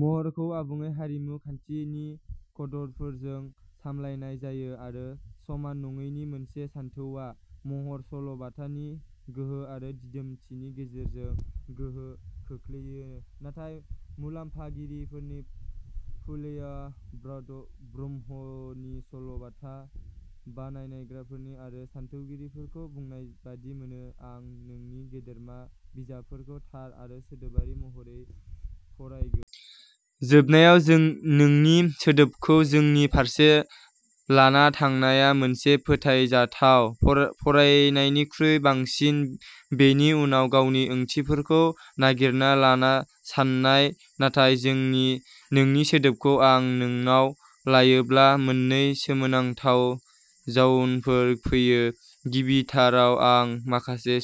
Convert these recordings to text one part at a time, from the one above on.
महरखौ आबुङै "हारिमु खान्थि" नि कडफोरजों सामलायनाय जायो आरो समान नङैनि मोनसे सानथौआ महर/सल'बाथा नि गोहो आरो दिदोमथिनि गेजेरजों गोहोम खोख्लैजायो। नाथाय गुलामगिरियाव फुलेया ब्राह्मणनि सल'बाथा बानायग्राफोर आरो सानथौगिरिफोरखौ बुंनाय बादि मोनोः "आं नोंनि गेदेमा बिजाबफोरखौ थार आरो सोदोबारि महरै फरायगोन। जोबनायाव, जों नोंनि सोदोबखौ जोंनि फारसे लाना थांनाया मोनसे फोथायजाथाव फरा फरायनायनिख्रुइ बांसिन बेनि उनाव गावनि ओंथिफोरखौ नागिरना लाना सान्नाय। नाथाय नोंनि सोदोबखौ आं नोंनाव लायोब्ला, मोननै सोमोनांथाव जाउनफोर फैयो। गिबिथाराव, आं माखासे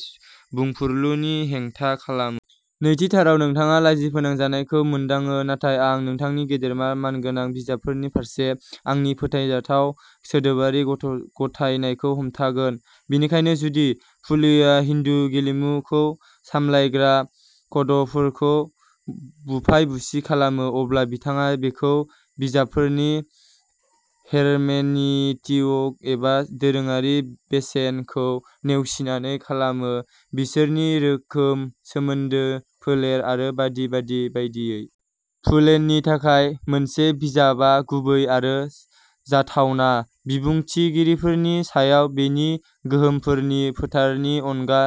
बुंफुरलुनि हेंथा खालामो। नैथिथाराव, नोंथाङा लाजि फोनांजानायखौ मोनदाङो। नाथाय आं नोंथांनि गेदेमा मानगोनां बिजाबफोरनि फारसे आंनि फोथायजाथाव सोदोबारि गथायनायखौ हमथागोन। बेनिखायनो, जुदि फुलेया हिन्दु "गेलेमु" खौ सामलायग्रा कडफोरखौ बुफाय-बुसि खालामो, अब्ला बिथाङा बेखौ बिजाबफोरनि हेरमेनिउटिक एबा दोरोङारि "बेसेन" खौ नेवसिनानै खालामो, बिसोरनि रोखोम, सोमोन्दो, फोलेर आरो बायदि बायदि बायदियै। फुलेनि थाखाय, मोनसे बिजाबआ गुबै आरो जाथावना बिबुंथिगिरिफोरनि सायाव बेनि गोहोमफोरनि फोथारनि अनगा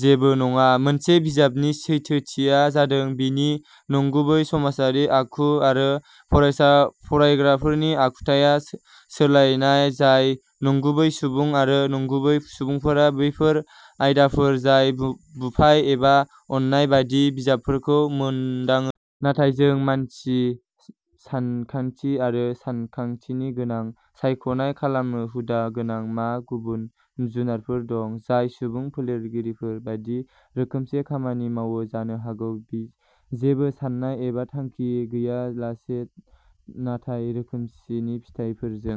जेबो नङा। मोनसे बिजाबनि सैथोथिया जादों बेनि नंगुबै समाजारि आखु आरो फरायग्राफोरनि आखुथाय सोलायनाय जाय नंगुबै सुबुं; आरो नंगुबै सुबुंफोरा बैफोर आयदाफोर जाय बुफाय एबा अननाय बायदि बिजाबफोरखौ मोनदाङो। नाथाय जों मानसि, सानथांखि आरो सानथांखि गोनां सायख'नाय खालामनायाव हुदा गोनां। मा गुबुन जुनारफोर दं जाय सुबुं फोलेरगिरिफोर बायदि रोखोमसे खामानि मावो, जानो हागौ जेबो सान्नाय एबा थांखि गैयालासे नाथाय रोखोमसे फिथायफोरजों?